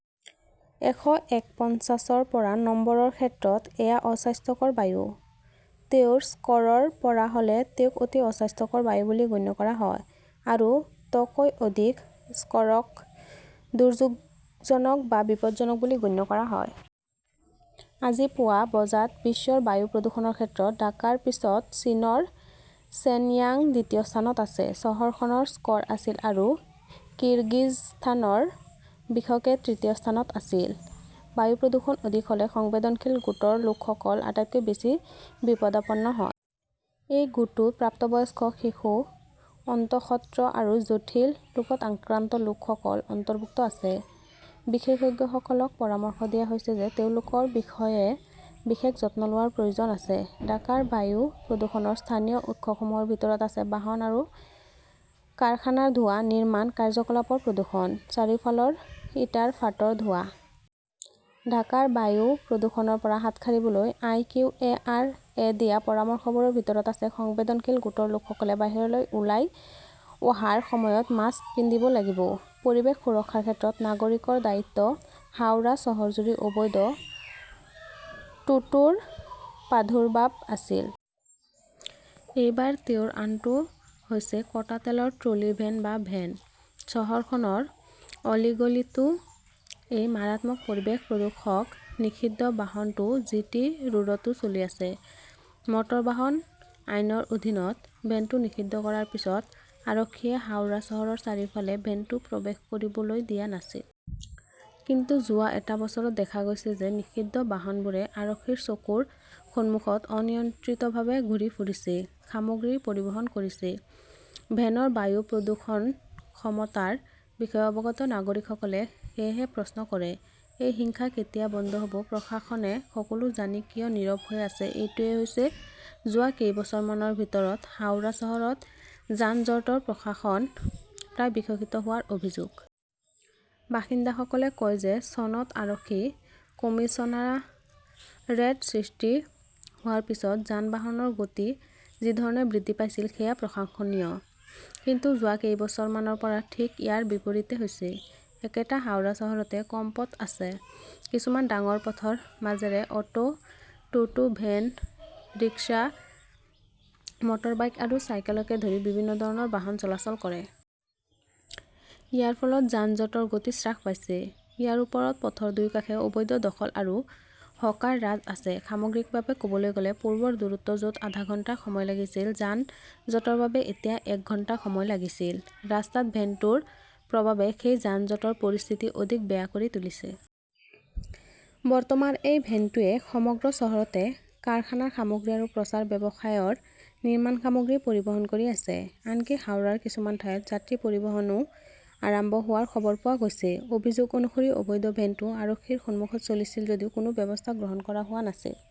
এশ একপঞ্চাশ ৰ পৰা নম্বৰৰ ক্ষেত্ৰত এয়া অস্বাস্থ্যকৰ বায়ু। তেওঁৰ স্ক'ৰ ৰ পৰা হ'লে তেওঁক অতি অস্বাস্থ্যকৰ বায়ু বুলি গণ্য কৰা হয়। আৰু তকৈ অধিক স্ক’ৰৰক দুৰ্যোগজনক বা বিপদজনক বুলি গণ্য কৰা হয়। আজি পুৱা বজাত বিশ্বৰ বায়ু প্ৰদূষণৰ ক্ষেত্ৰত ঢাকাৰ পিছত চীনৰ শেনয়াং দ্বিতীয় স্থানত আছে। চহৰখনৰ স্ক’ৰ আছিল আৰু কিৰগিজস্তানৰ বিশকে তৃতীয় স্থানত আছিল। বায়ু প্ৰদূষণ অধিক হ’লে সংবেদনশীল গোটৰ লোকসকল আটাইতকৈ বেছি বিপদাপন্ন হয়। এই গোটটোত প্ৰাপ্তবয়স্ক, শিশু, অন্তঃসত্ত্ৰ আৰু জটিল ৰোগত আক্ৰান্ত লোকসকল অন্তৰ্ভুক্ত আছে। বিশেষজ্ঞসকলক পৰামৰ্শ দিয়া হৈছে যে তেওঁলোকৰ বিষয়ে বিশেষ যত্ন লোৱাৰ প্ৰয়োজন আছে। ঢাকাৰ বায়ু প্ৰদূষণৰ স্থানীয় উৎসসমূহৰ ভিতৰত আছে বাহন আৰু কাৰখানাৰ ধোঁৱা, নিৰ্মাণ কাৰ্যকলাপৰ প্ৰদূষণ, চাৰিওফালৰ ইটাৰ ফাঁটৰ ধোঁৱা। ঢাকাৰ বায়ু প্ৰদূষণৰ পৰা হাত সাৰিবলৈ আই. কিউ. এ. আৰ. এ দিয়া পৰামৰ্শবোৰৰ ভিতৰত আছে, সংবেদনশীল গোটৰ লোকসকলে বাহিৰলৈ ওলাই অহাৰ সময়ত মাস্ক পিন্ধিব লাগিব। পৰিৱেশ সুৰক্ষাৰ ক্ষেত্ৰত নাগৰিকৰ দায়িত্ব হাওৰা চহৰজুৰি অবৈধ টোটোৰ প্ৰাদুৰ্ভাৱ আছিল। এইবাৰ তেওঁৰ আনটো হৈছে কটা তেলৰ ট্ৰলি ভেন বা ভেন। চহৰখনৰ অলিগলীতো এই মাৰাত্মক পৰিৱেশ প্ৰদূষক নিষিদ্ধ বাহনটো জিটি ৰোডতো চলি আছে। মটৰ বাহন আইনৰ অধীনত ভেনটো নিষিদ্ধ কৰাৰ পিছত আৰক্ষীয়ে হাওড়া চহৰৰ চাৰিওফালে ভেনটো প্ৰৱেশ কৰিবলৈ দিয়া নাছিল। কিন্তু যোৱা এটা বছৰত দেখা গৈছে যে নিষিদ্ধ বাহনবোৰে আৰক্ষীৰ চকুৰ সন্মুখত অনিয়ন্ত্ৰিতভাৱে ঘূৰি ফুৰিছে, সামগ্ৰী পৰিবহণ কৰিছে। ভেন 'ৰ বায়ু প্ৰদূষণ ক্ষমতাৰ বিষয়ে অৱগত নাগৰিকসকলে সেয়েহে প্ৰশ্ন কৰে, এই হিংসা কেতিয়া বন্ধ হ'ব প্ৰশাসনে সকলো জানি কিয় নীৰৱ হৈ আছে এইটোৱেই হৈছে যোৱা কেইবছৰমানৰ ভিতৰত হাওৰা চহৰত যান-জঁটৰ প্ৰশাসন প্ৰায় বিকশিত হোৱাৰ অভিযোগ। বাসিন্দাসকলে কয় যে চনত আৰক্ষী কমিছনাৰেট সৃষ্টি হোৱাৰ পিছত যান-বাহনৰ গতি যি ধৰণে বৃদ্ধি পাইছিল সেয়া প্ৰশংসনীয়। কিন্তু যোৱা কেইবছৰমানৰ পৰা ঠিক ইয়াৰ বিপৰীতে হৈছে। একেটা হাওৰা চহৰতে কম পথ আছে। কিছুমান ডাঙৰ পথৰ মাজেৰে অটো, টোটো, ভেন, ৰিক্সা, মটৰবাইক আৰু চাইকেলকে ধৰি বিভিন্ন ধৰণৰ বাহন চলাচল কৰে। ইয়াৰ ফলত যান-জঁটৰ গতি হ্ৰাস পাইছে। ইয়াৰ ওপৰত পথৰ দুয়োফালে অবৈধ দখল আৰু হকাৰ-ৰাজ আছে। সামগ্ৰিকভাৱে ক’বলৈ গ’লে, পূৰ্বৰ দূৰত্ব য’ত আধা ঘণ্টা সময় লাগিছিল, যান-জঁটৰ বাবে এতিয়া এক ঘণ্টা সময় লাগিছিল। ৰাস্তাত ভেন টোৰ প্ৰভাৱে সেই যান-জঁটৰ পৰিস্থিতি অধিক বেয়া কৰি তুলিছে। বৰ্তমান এই ভেন "টোৱে সমগ্ৰ চহৰতে কাৰখানাৰ সামগ্ৰী আৰু প্ৰচাৰ ব্যৱসায়ৰ নিৰ্মাণ সামগ্ৰী পৰিবহণ কৰি আছে। আনকি হাওৰাৰ কিছুমান ঠাইত যাত্ৰী পৰিবহণও আৰম্ভ হোৱাৰ খবৰ পোৱা গৈছে। অভিযোগ অনুসৰি, অবৈধ ভেনটো আৰক্ষীৰ সন্মুখত চলিছিল যদিও কোনো ব্যৱস্থা গ্ৰহণ কৰা হোৱা নাছিল।